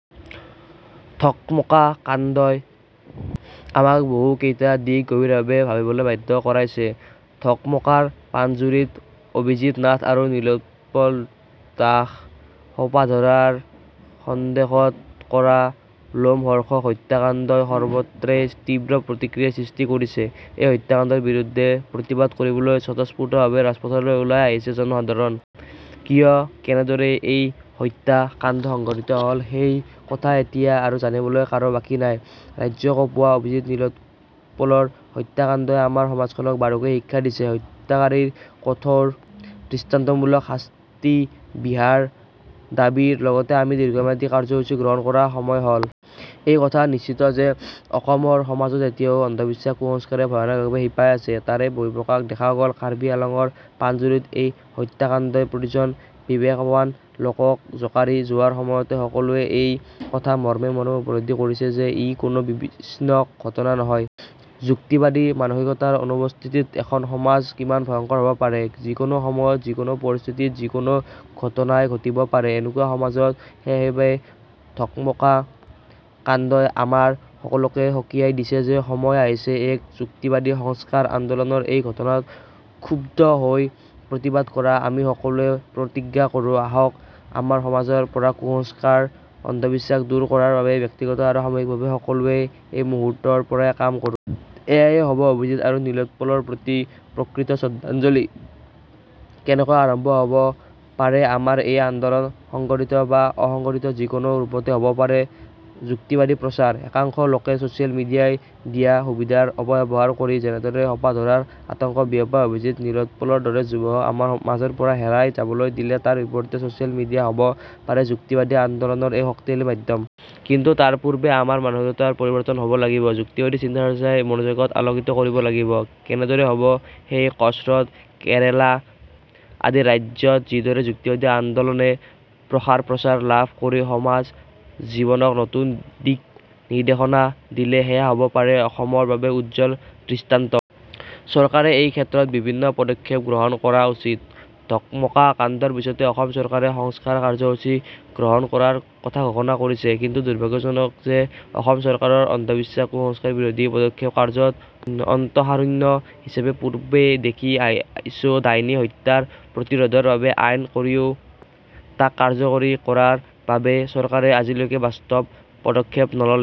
ডকমকা কাণ্ডই আমাক বহু কেইটা দিশ গভীৰভাৱে ভাবিবলৈ বাধ্য কৰাইছে। ডকমকাৰ পাণজুৰিত অভিজিত্ নাথ আৰু নীলোৎপল দাসক সোপাধৰাৰ সন্দেহত কৰা লোমহৰ্ষক হত্যাকাণ্ডই সৰ্বত্ৰে তীব্ৰ প্ৰতিক্ৰিয়াৰ সৃষ্টি কৰিছে। এই হত্যাকাণ্ডৰ বিৰুদ্ধে প্ৰতিবাদ কৰিবলৈ স্বতঃস্ফূৰ্তভাৱে ৰাজপথলৈ ওলাই আহিছে জনসাধাৰণ। কিয় কেনেদৰে এই হত্যা কাণ্ড সংঘটিত হল? সেই কথা এতিয়া আৰু জানিবলৈ কাৰো বাকী নাই। ৰাজ্য কঁপোৱা অভিজিত নীলোৎপলৰ হত্যাকাণ্ডই আমাৰ সমাজখনক বাৰুকৈয়ে শিক্ষা দিছে। হত্যাকাৰীক কঠোৰ দৃষ্টান্তমূলক শাস্তি বিহাৰ দাবীৰ লগতে আমি দীৰ্ঘম্যাদী কাৰ্য্যসূচীও গ্ৰহণ কৰাৰ সময় হল। এই কথা নিশ্চিত যে অসমৰ সমাজত এতিয়াও অন্ধবিশ্বাস কুসংস্কাৰে ভয়ানকভাৱে শিপাই আছে। তাৰেই বহিঃপ্ৰকাশ দেখা গল কাৰ্বি আংলঙৰ পাণজুৰিত এই হত্যাকাণ্ডই প্ৰতিজন বিবেকৱান লোকক জোকাৰি যোৱাৰ সময়তে সকলোৱে এই কথা মৰ্মে মৰ্মে উপলব্ধি কৰিছে যে ই কোনো বিচ্ছিন্ন ঘটনা নহয়। যুক্তিবাদী মানসিকতাৰ অনুপস্থিতিত এখন সমাজ কিমান ভয়ংকৰ হব পাৰে? যিকোনো সময়ত যিকোনো পৰিস্থিতিত যিকোনো ঘটনাই ঘটিব পাৰে। এনেকুৱা সমাজত সেইবাবেই ডকমকা কাণ্ডই আমাৰ সকলোকে সকীয়াই দিছে যে সময় আহিছে এক যুক্তিবাদী সংস্কাৰ আন্দোলনৰএই ঘটনাত ক্ষুব্ধ হৈ প্ৰতিবাদ কৰা আমি সকলোৱে প্ৰতিজ্ঞা কৰোঁ আহক আমাৰ সমাজৰ পৰা কুসংস্কাৰ অন্ধবিশ্বাস দূৰ কৰাৰ বাবে ব্যক্তিগত আৰু সামূহিকভাৱে সকলোৱে এই মুহূৰ্তৰ পৰাই কাম কৰো। এয়াহে হব অভিজিত্ আৰু নীলোৎপলৰ প্ৰতি প্ৰকৃত শ্ৰদ্ধাঞ্জলি। কেনেকৈ আৰম্ভ হব পাৰে আমাৰ এই আন্দোলন সংগঠিত বা অসংগঠিত যিকোনো ৰূপতেই হব পাৰে যুক্তিবাদী প্ৰচাৰ। একাংশ লোকে ছচিয়েল মিডিয়াই দিয়া সুবিধাৰ অপব্যৱহাৰ কৰি যেনেদৰে সোপাধৰাৰ আতংক বিয়পাই অভিজিত, নীলোৎপলৰ দৰে যুৱকক আমাৰ মাজৰ পৰা হেৰাই যাবলৈ দিলে তাৰ বিপৰীতে ছচিয়েল মিডিয়া হব পাৰে যুক্তিবাদী আন্দোলনৰ এক শক্তিশালী মাধ্যম। কিন্তু তাৰপূৰ্বে আমাৰ মানসিকতাৰ পৰিৱৰ্তন হব লাগিব। যুক্তিবাদী চিন্তাচৰ্চাই মনোজগত আলোকিত কৰিব লাগিব। কেনেদৰে হব সেই কচৰৎ, কেৰালা আদি ৰাজ্যত যিদৰে যুক্তিবাদী আন্দোলনে প্ৰসাৰপ্ৰচাৰ লাভ কৰি সমাজ জীৱনক নতুন দিক নিৰ্দেশনা দিলে সেয়া হব পাৰে অসমৰ বাবে উজ্জ্বল দৃষ্টান্ত। চৰকাৰে এই ক্ষেত্ৰত বিশেষ পদক্ষেপ গ্ৰহণ কৰা উচিত। ডকমকা কাণ্ডৰ পিছতেই অসম চৰকাৰে সংস্কাৰ কাৰ্যসূচী গ্ৰহণ কৰাৰ কথা ঘোষণা কৰিছে। কিন্তু দুৰ্ভাগ্যজনক যে অসম চৰকাৰৰ অন্ধবিশ্বাস কুসংস্কাৰ বিৰোধী পদক্ষেপ কাৰ্যতঃ অন্তসাৰশূন্য হিচাপে পূৰ্বে দেখি আহিছো ডাইনী হত্যা প্ৰতিৰোধৰ বাবে আইন কৰিও তাক কাৰ্যকৰী কৰাৰ বাবে চৰকাৰে আজিলৈকে বাস্তৱ পদক্ষেপ নললে।